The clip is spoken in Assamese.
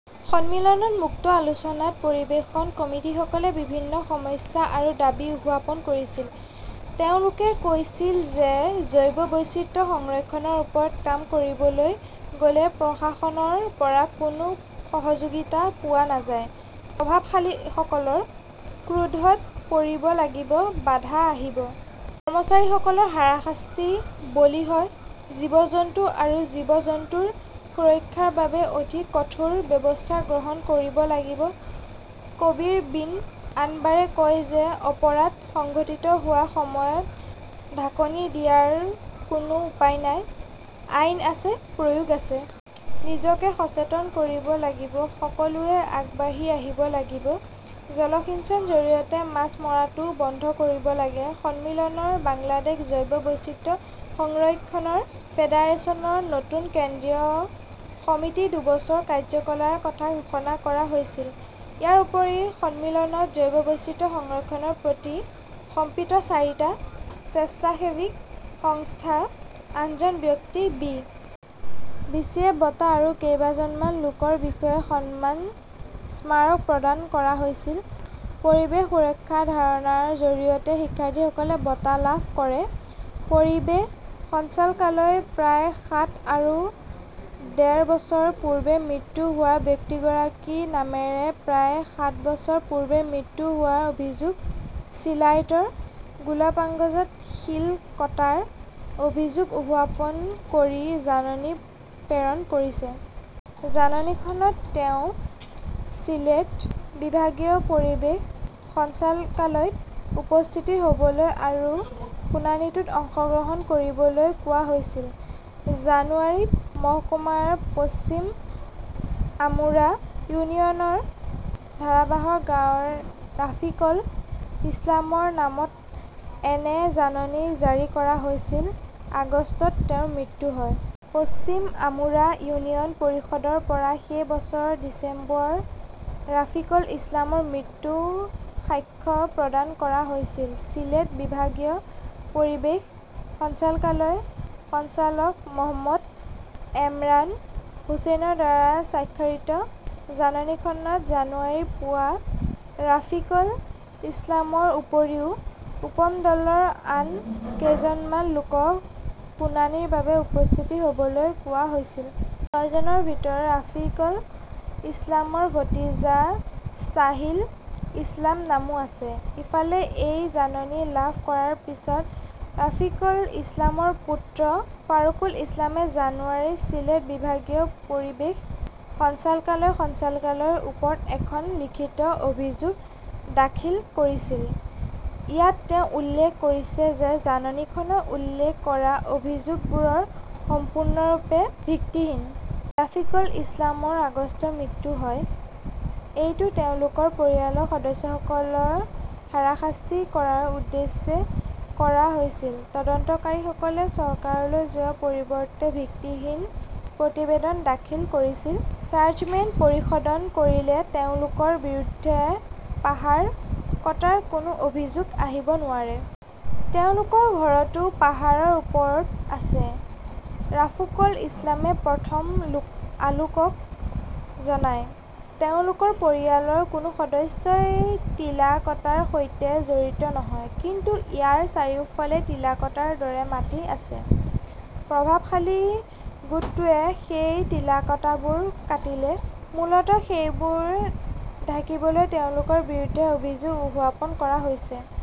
সন্মিলনত মুক্ত আলোচনাত পৰিৱেশ কমিটীসকলে বিভিন্ন সমস্যা আৰু দাবী উহাপন কৰিছিল। তেওঁলোকে কৈছিল যে জৈৱ বৈচিত্ৰ্য সংৰক্ষণৰ ওপৰত কাম কৰিবলৈ গ'লে প্ৰশাসনৰ পৰা কোনো সহযোগিতা পোৱা নাযায়। প্ৰভাৱশালীসকলৰ ক্ৰোধত পৰিব লাগিব, বাধা আহিব। কৰ্মচাৰীসকল হাৰাশাস্তিৰ বলি হয়। জীৱ-জন্তু আৰু জীৱ-জন্তুৰ সুৰক্ষাৰ বাবে অধিক কঠোৰ ব্যৱস্থা গ্ৰহণ কৰিব লাগিব। কবীৰ বিন আনৱাৰে কয় যে অপৰাধ সংঘটিত হোৱাৰ সময়ত ঢাকনি দিয়াৰ কোনো উপায় নাই। আইন আছে, প্ৰয়োগ আছে। নিজকে সচেতন কৰিব লাগিব। সকলোৱে আগবাঢ়ি আহিব লাগিব। জলসিঞ্চন জৰিয়তে মাছ মৰাটো বন্ধ কৰিব লাগে। সন্মিলনৰ বাংলাদেশ জৈৱ বৈচিত্ৰ্য সংৰক্ষণ ফেডাৰেচনৰ নতুন কেন্দ্ৰীয় সমিতি দুবছৰৰ কাৰ্যকালৰ কথা ঘোষণা কৰা হৈছিল। ইয়াৰ উপৰিও সন্মিলনত জৈৱ বৈচিত্ৰ্য সংৰক্ষণৰ প্ৰতি সমপিত চাৰিটা স্বেচ্ছাসেৱী সংস্থা, আঠজন ব্যক্তিক বি. বি. চি. এফ. বঁটা আৰু কেইবাজনমান লোকৰ বিশয়ে সন্মান স্মাৰক প্ৰদান কৰা হৈছিল। পৰিৱেশ সুৰক্ষাৰ ধাৰণাৰ জৰিয়তে শিক্ষাৰ্থীসকলে বঁটা লাভ কৰে। পৰিৱেশ সঞ্চালকালয়ই প্ৰায় সাত আৰু ডেৰ বছৰ পূৰ্বে মৃত্যু হোৱা ব্যক্তিগৰাকীৰ নামেৰে প্ৰায় সাত বছৰ পূৰ্বে মৃত্যু হোৱাৰ অভিযোগ চিলাইটৰ গোলাপাংগজত শিল কটাৰ অভিযোগ উহাপন কৰি জাননী প্ৰেৰণ কৰিছে। জাননীখনত তেওঁক চিলেট বিভাগীয় পৰিৱেশ সঞ্চালকালয়ত উপস্থিত হ'বলৈ আৰু শুনানিটোত অংশগ্ৰহণ কৰিবলৈ কোৱা হৈছিল। জানুৱাৰীত মহকুমাৰ পশ্চিম আমুৰা ইউনিয়নৰ ধাৰাবাহৰ গাঁৱৰ ৰাফিকল ইছলামৰ নামত এনে জাননী জাৰি কৰা হৈছিল। আগষ্টত তেওঁৰ মৃত্যু হয়। পশ্চিম আমুৰা ইউনিয়ন পৰিষদৰ পৰা সেই বছৰৰ ডিচেম্বৰত ৰাফিকল ইছলামৰ মৃত্যুৰ সাক্ষ্য প্ৰদান কৰা হৈছিল। চিলেট বিভাগীয় পৰিৱেশ সঞ্চালকালয়ৰ সঞ্চালক মহম্মদ এমৰান হোসেনৰ দ্বাৰা স্বাক্ষৰিত জাননীখনত জানুৱাৰীৰ পুৱা ৰাফিকল ইছলামৰ উপৰিও উপণ্ডলৰ আন কেইজনমান লোকক শুনানিৰ বাবে উপস্থিতি হ 'বলৈ কোৱা হৈছিল। ছয়জনৰ ভিতৰত ৰাফিকল ইছলামৰ ভতিজা ছাহিল ইছলামৰ নামো আছে। ইফালে, এই জাননী লাভ কৰাৰ পিছত ৰাফিকল ইছলামৰ পুত্ৰ ফাৰুকুল ইছলামে জানুৱাৰীত চিলেট বিভাগীয় পৰিৱেশ সঞ্চালকালয়ৰ সঞ্চালকালয়ৰ ওচৰত এখন লিখিত অভিযোগ দাখিল কৰিছিল। ইয়াত তেওঁ উল্লেখ কৰিছে যে জাননীখনত উল্লেখ কৰা অভিযোগবোৰ সম্পূৰ্ণৰূপে ভিত্তিহীন। ৰাফিকল ইছলামৰ আগষ্টত মৃত্যু হয়। এইটো তেওঁলোকৰ পৰিয়ালৰ সদস্যসকলক হাৰাশাস্তি কৰাৰ উদ্দেশ্যে কৰা হৈছিল। তদন্তকাৰীসকলে চৰকাৰলৈ যোৱাৰ পৰিৱৰ্তে ভিত্তিহীন প্ৰতিবেদন দাখিল কৰিছিল। চাৰ্জমেইন পৰিসদন কৰিলে তেওঁলোকৰ বিৰুদ্ধে পাহাৰ কটাৰ কোনো অভিযোগ আহিব নোৱাৰে। তেওঁলোকৰ ঘৰটো পাহাৰৰ ওপৰত আছে, ৰাফুকুল ইছলামই প্ৰথম আলোকক জনায়। তেওঁলোকৰ পৰিয়ালৰ কোনো সদস্যই টিলা কটাৰ সৈতে জড়িত নহয়। কিন্তু ইয়াৰ চাৰিওফালে টিলা কটাৰ দৰে মাটি আছে। প্ৰভাৱশালী গোটটোৱে সেই টিলাকটাবোৰ কাটিলে। মূলতঃ, সেইবোৰ ঢাকিবলৈ তেওঁলোকৰ বিৰুদ্ধে অভিযোগ উহাপন কৰা হৈছে।